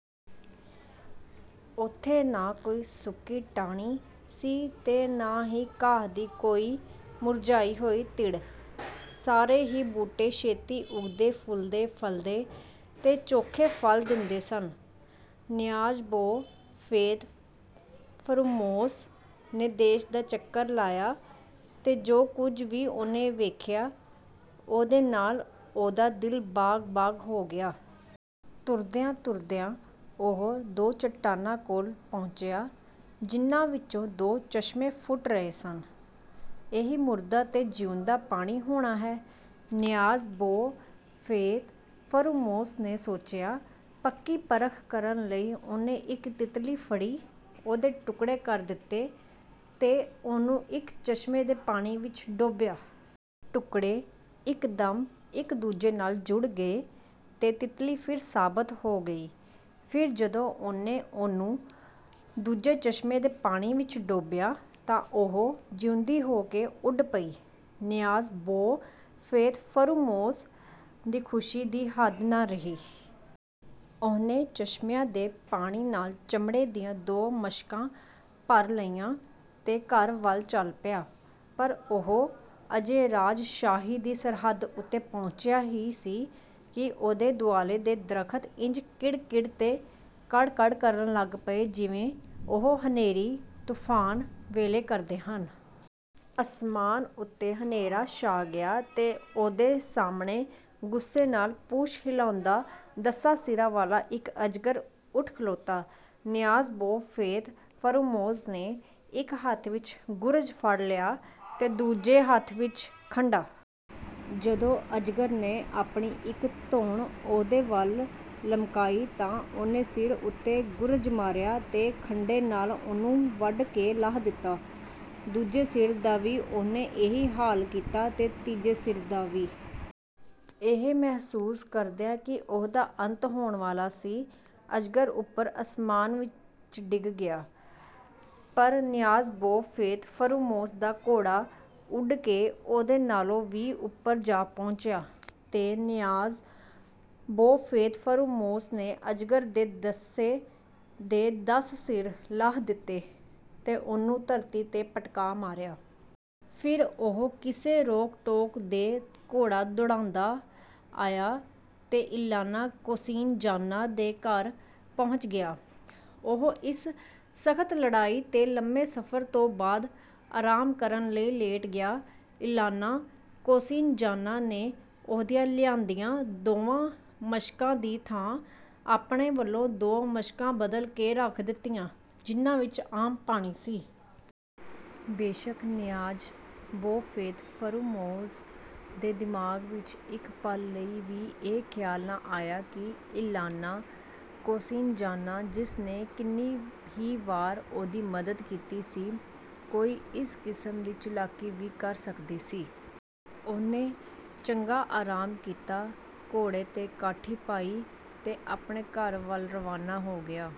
ਉੱਥੇ ਨਾ ਕੋਈ ਸੁੱਕੀ ਟਾਹਣੀ ਸੀ ਤੇ ਨਾ ਹੀ ਘਾਹ ਦੀ ਕੋਈ ਮੁਰਝਾਈ ਹੋਈ ਤਿੜ। ਸਾਰੇ ਹੀ ਬੂਟੇ ਛੇਤੀ ਉੱਗਦੇ, ਫੁੱਲਦੇ-ਫ਼ਲਦੇ ਤੇ ਚੋਖੇ ਫ਼ਲ ਦਿੰਦੇ ਸਨ। ਨਿਆਜ਼-ਬੋ ਫ਼ੇਤ-ਫ਼ਰੂਮੋਸ ਨੇ ਦੇਸ਼ ਦਾ ਚੱਕਰ ਲਾਇਆ ਤੇ ਜੋ ਕੁਝ ਵੀ ਉਹਨੇ ਵੇਖਿਆ, ਉਹਦੇ ਨਾਲ ਉਹਦਾ ਦਿਲ ਬਾਗ਼-ਬਾਗ਼ ਹੋ ਗਿਆ। ਤੁਰਦਿਆਂ-ਤੁਰਦਿਆਂ ਉਹ ਦੋ ਚਟਾਨਾਂ ਕੋਲ ਪਹੁੰਚਿਆ, ਜਿਨ੍ਹਾਂ ਵਿੱਚੋਂ ਦੋ ਚਸ਼ਮੇ ਫੁੱਟ ਰਹੇ ਸਨ। "ਇਹੀ ਮੁਰਦਾ ਤੇ ਜਿਊਂਦਾ ਪਾਣੀ ਹੋਣਾ ਹੈ," ਨਿਆਜ਼-ਬੋ ਫ਼ੇਤ-ਫ਼ਰੂਮੋਸ ਨੇ ਸੋਚਿਆ। ਪੱਕੀ ਪਰਖ ਕਰਨ ਲਈ ਉਹਨੇ ਇੱਕ ਤਿਤਲੀ ਫੜੀ, ਉਹਦੇ ਟੁਕੜੇ ਕਰ ਦਿੱਤੇ ਤੇ ਉਹਨੂੰ ਇੱਕ ਚਸ਼ਮੇ ਦੇ ਪਾਣੀ ਵਿੱਚ ਡੋਬਿਆ। ਟੁਕੜੇ ਇੱਕਦਮ ਇੱਕ-ਦੂਜੇ ਨਾਲ ਜੁੜ ਗਏ ਤੇ ਤਿਤਲੀ ਫਿਰ ਸਾਬਤ ਹੋ ਗਈ। ਫਿਰ ਜਦੋਂ ਉਹਨੇ ਉਹਨੂੰ ਦੂਜੇ ਚਸ਼ਮੇ ਦੇ ਪਾਣੀ ਵਿੱਚ ਡੋਬਿਆ, ਤਾਂ ਉਹ ਜਿਊਂਦੀ ਹੋ ਕੇ ਉੱਡ ਪਈ। ਨਿਆਜ਼-ਬੋ ਫ਼ੇਤ-ਫ਼ਰੂਮੋਸ ਦੀ ਖ਼ੁਸ਼ੀ ਦੀ ਹੱਦ ਨਾ ਰਹੀ। ਉਹਨੇ ਚਸ਼ਮਿਆਂ ਦੇ ਪਾਣੀ ਨਾਲ ਚਮੜੇ ਦੀਆਂ ਦੋ ਮਸ਼ਕਾਂ ਭਰ ਲਈਆਂ ਤੇ ਘਰ ਵੱਲ ਚੱਲ ਪਿਆ। ਪਰ ਉਹ ਅਜੇ ਰਾਜ-ਸ਼ਾਹੀ ਦੀ ਸਰਹੱਦ ਉੱਤੇ ਪਹੁੰਚਿਆ ਹੀ ਸੀ ਕਿ ਉਹਦੇ ਦੁਆਲੇ ਦੇ ਦਰਖ਼ਤ ਇੰਜ ਕਿੜ-ਕਿੜ ਤੇ ਕੜ-ਕੜ ਕਰਨ ਲੱਗ ਪਏ ਜਿਵੇਂ ਉਹ ਹਨੇਰੀ-ਤੂਫ਼ਾਨ ਵੇਲੇ ਕਰਦੇ ਹਨ। ਅਸਮਾਨ ਉੱਤੇ ਹਨੇਰਾ ਛਾ ਗਿਆ ਤੇ ਉਹਦੇ ਸਾਹਮਣੇ, ਗੁੱਸੇ ਨਾਲ ਪੂਛ ਹਿਲਾਉਂਦਾ, ਦੱਸਾਂ ਸਿਰਾਂ ਵਾਲਾ ਇੱਕ ਅਜਗਰ ਉੱਠ ਖਲੋਤਾ। ਨਿਆਜ਼-ਬੋ ਫ਼ੇਤ-ਫ਼ਰੂਮੋਸ ਨੇ ਇੱਕ ਹੱਥ ਵਿੱਚ ਗੁਰਜ਼ ਫੜ ਲਿਆ ਤੇ ਦੂਜੇ ਹੱਥ ਵਿੱਚ ਖੰਡਾ। ਜਦੋਂ ਅਜਗਰ ਨੇ ਆਪਣੀ ਇੱਕ ਧੌਣ ਉਹਦੇ ਵੱਲ ਲਮਕਾਈ, ਤਾਂ ਉਹਨੇ ਸਿਰ ਉੱਤੇ ਗੁਰਜ਼ ਮਾਰਿਆ ਤੇ ਖੰਡੇ ਨਾਲ ਉਹਨੂੰ ਵੱਢ ਕੇ ਲਾਹ ਦਿੱਤਾ। ਦੂਜੇ ਸਿਰ ਦਾ ਵੀ ਉਹਨੇ ਇਹੀ ਹਾਲ ਕੀਤਾ ਤੇ ਤੀਜੇ ਸਿਰ ਦਾ ਵੀ। ਇਹ ਮਹਿਸੂਸ ਕਰਦਿਆਂ ਕਿ ਉਹਦਾ ਅੰਤ ਹੋਣ ਵਾਲਾ ਸੀ, ਅਜਗਰ ਉੱਪਰ ਅਸਮਾਨ ਵਿੱਚ ਉੱਡ ਗਿਆ। ਪਰ ਨਿਆਜ਼-ਬੋ ਫ਼ੇਤ-ਫ਼ਰੂਮੋਸ ਦਾ ਘੋੜਾ ਉੱਡ ਕੇ ਉਹਦੇ ਨਾਲੋਂ ਵੀ ਉੱਪਰ ਜਾ ਪਹੁੰਚਿਆ ਤੇ ਨਿਆਜ਼-ਬੋ ਫ਼ੇਤ-ਫ਼ਰੂਮੋਸ ਨੇ ਅਜਗਰ ਦੇ ਦੱਸੇ ਦੇ ਦੱਸ ਸਿਰ ਲਾਹ ਦਿੱਤੇ ਤੇ ਉਹਨੂੰ ਧਰਤੀ 'ਤੇ ਪਟਕਾ ਮਾਰਿਆ। ਫ਼ਿਰ ਉਹ ਕਿਸੇ ਰੋਕ-ਟੋਕ ਦੇ ਘੋੜਾ ਦੁੜਾਉਂਦਾ ਆਇਆ ਤੇ ਇਲਾਨਾ ਕੋਸਿਨਜ਼ਾਨਾ ਦੇ ਘਰ ਪਹੁੰਚ ਗਿਆ। ਉਹ ਇਸ ਸਖ਼ਤ ਲੜਾਈ ਤੇ ਲੰਮੇ ਸਫ਼ਰ ਤੋਂ ਬਾਅਦ ਆਰਾਮ ਕਰਨ ਲਈ ਲੇਟ ਗਿਆ। ਇਲਾਨਾ ਕੋਸਿਨਜ਼ਾਨਾ ਨੇ ਉਹਦੀਆਂ ਲਿਆਂਦੀਆਂ ਦੋਵਾਂ ਮਸ਼ਕਾਂ ਦੀ ਥਾਂ ਆਪਣੇ ਵੱਲੋਂ ਦੋ ਮਸ਼ਕਾਂ ਬਦਲ ਕੇ ਰੱਖ ਦਿੱਤੀਆਂ, ਜਿਨ੍ਹਾਂ ਵਿੱਚ ਆਮ ਪਾਣੀ ਸੀ। ਬੇਸ਼ੱਕ ਨਿਆਜ਼-ਬੋ ਫ਼ੇਤ-ਫ਼ਰੂਮੋਸ ਦੇ ਦਿਮਾਗ਼ ਵਿੱਚ ਇੱਕ ਪਲ ਲਈ ਵੀ ਇਹ ਖ਼ਿਆਲ ਨਾ ਆਇਆ ਕਿ ਇਲਾਨਾ ਕੋਸਿਨਜ਼ਾਨਾ, ਜਿਸ ਨੇ ਕਿੰਨੀ ਹੀ ਵਾਰ ਉਹਦੀ ਮਦਦ ਕੀਤੀ ਸੀ, ਕੋਈ ਇਸ ਕਿਸਮ ਦੀ ਚਲਾਕੀ ਵੀ ਕਰ ਸਕਦੀ ਸੀ। ਉਹਨੇ ਚੰਗਾ ਆਰਾਮ ਕੀਤਾ, ਘੋੜੇ 'ਤੇ ਕਾਠੀ ਪਾਈ ਤੇ ਆਪਣੇ ਘਰ ਵੱਲ ਰਵਾਨਾ ਹੋ ਗਿਆ।